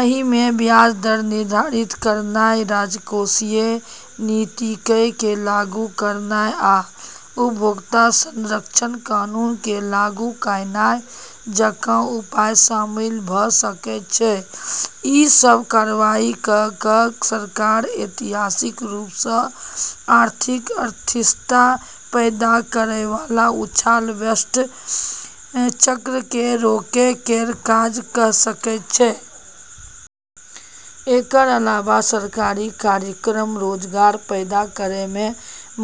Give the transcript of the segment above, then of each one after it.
एहिमे ब्याज दर निर्धारित कयनाय, राजकोषीय नीतियक केँ लागू कयनाय, आ उपभोक्ता-संरक्षण कानून केँ लागू कयनाय जकाँ उपाय शामिल भऽ सकैत छै। ई सब कार्रवाई कऽ कऽ सरकार ऐतिहासिक रूप सँ आर्थिक अस्थिरता पैदा करयवला उछाल-बस्ट चक्र केँ रोकै केर काज कऽ सकैत छै। एकर अलावा सरकारी कार्यक्रम रोजगार पैदा करै मे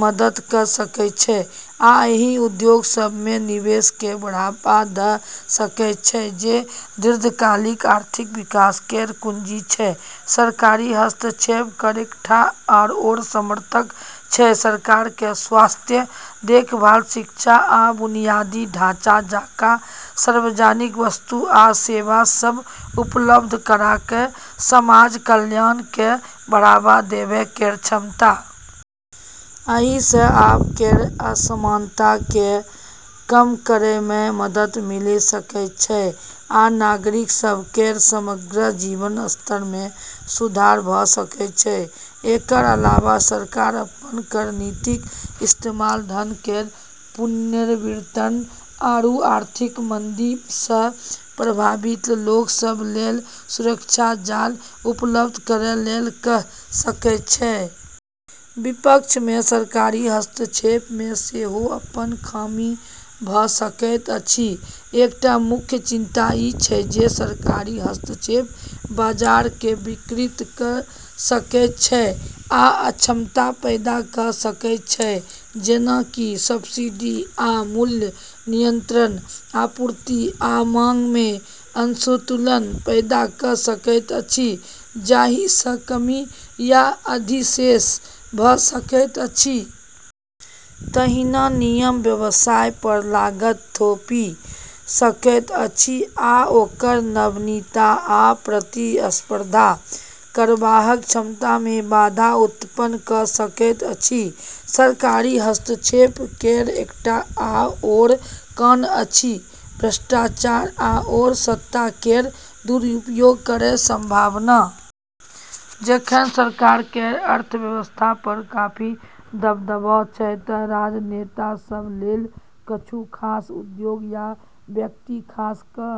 मदद कऽ सकैत छै आ ओहि उद्योग सभ मे निवेश केँ बढ़ावा दऽ सकैत छै जे दीर्घकालिक आर्थिक विकास केर कुंजी छै। सरकारी हस्तक्षेप केर एकटा आओर समर्थक छै सरकार केर स्वास्थ्य देखभाल, शिक्षा, आ बुनियादी ढाँचा जकाँ सार्वजनिक वस्तु आ सेवा सभ उपलब्ध करा कऽ समाज कल्याण केँ बढ़ावा देबै केर क्षमता। एहि सँ आय केर असमानता केँ कम करै मे मदद मिलि सकैत छै आ नागरिक सभ केर समग्र जीवन स्तर मे सुधार भऽ सकैत छै। एकर अलावा सरकार अपन कर नीतिक इस्तेमाल धन केर पुनर्वितरण आरू आर्थिक मंदी सँ प्रभावित लोक सभ लेल सुरक्षा जाल उपलब्ध करै लेल कऽ सकैत छै। विपक्ष मे सरकारी हस्तक्षेप मे सेहो अपन खामी भऽ सकैत अछि। एकटा मुख्य चिंता ई छै जे सरकारी हस्तक्षेप बाजार केँ विकृत कऽ सकैत छै आ अक्षमता पैदा कऽ सकैत छै। जेना कि सब्सिडी आ मूल्य नियंत्रण आपूर्ति आ मांग मे असंतुलन पैदा कऽ सकैत अछि, जाहि सँ कमी या अधिशेष भऽ सकैत अछि। तहिना नियम व्यवसाय पर लागत थोपि सकैत अछि आ ओकर नवीनता आ प्रतिस्पर्धा करबाक क्षमता मे बाधा उत्पन्न कऽ सकैत अछि। सरकारी हस्तक्षेप केर एकटा आओर कॉन अछि भ्रष्टाचार आओर सत्ता केर दुरुपयोग केर संभावना। जखन सरकार केर अर्थव्यवस्था पर काफी दबदबा छै तँ राजनेता सभ लेल किछु खास उद्योग या व्यक्ति खास कऽ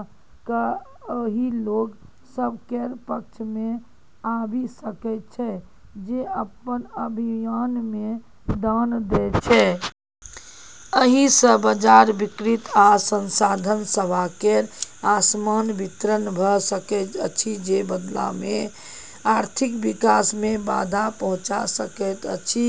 कऽ ओहि लोक सभ केर पक्ष मे आबि सकैत छै जे अपन अभियान मे दान दैत छै। एहि सँ बाजार विकृत आ संसाधन सभ केर असमान वितरण भऽ सकैत अछि, जे बदला मे आर्थिक विकास मे बाधा पहुँचा सकैत अछि।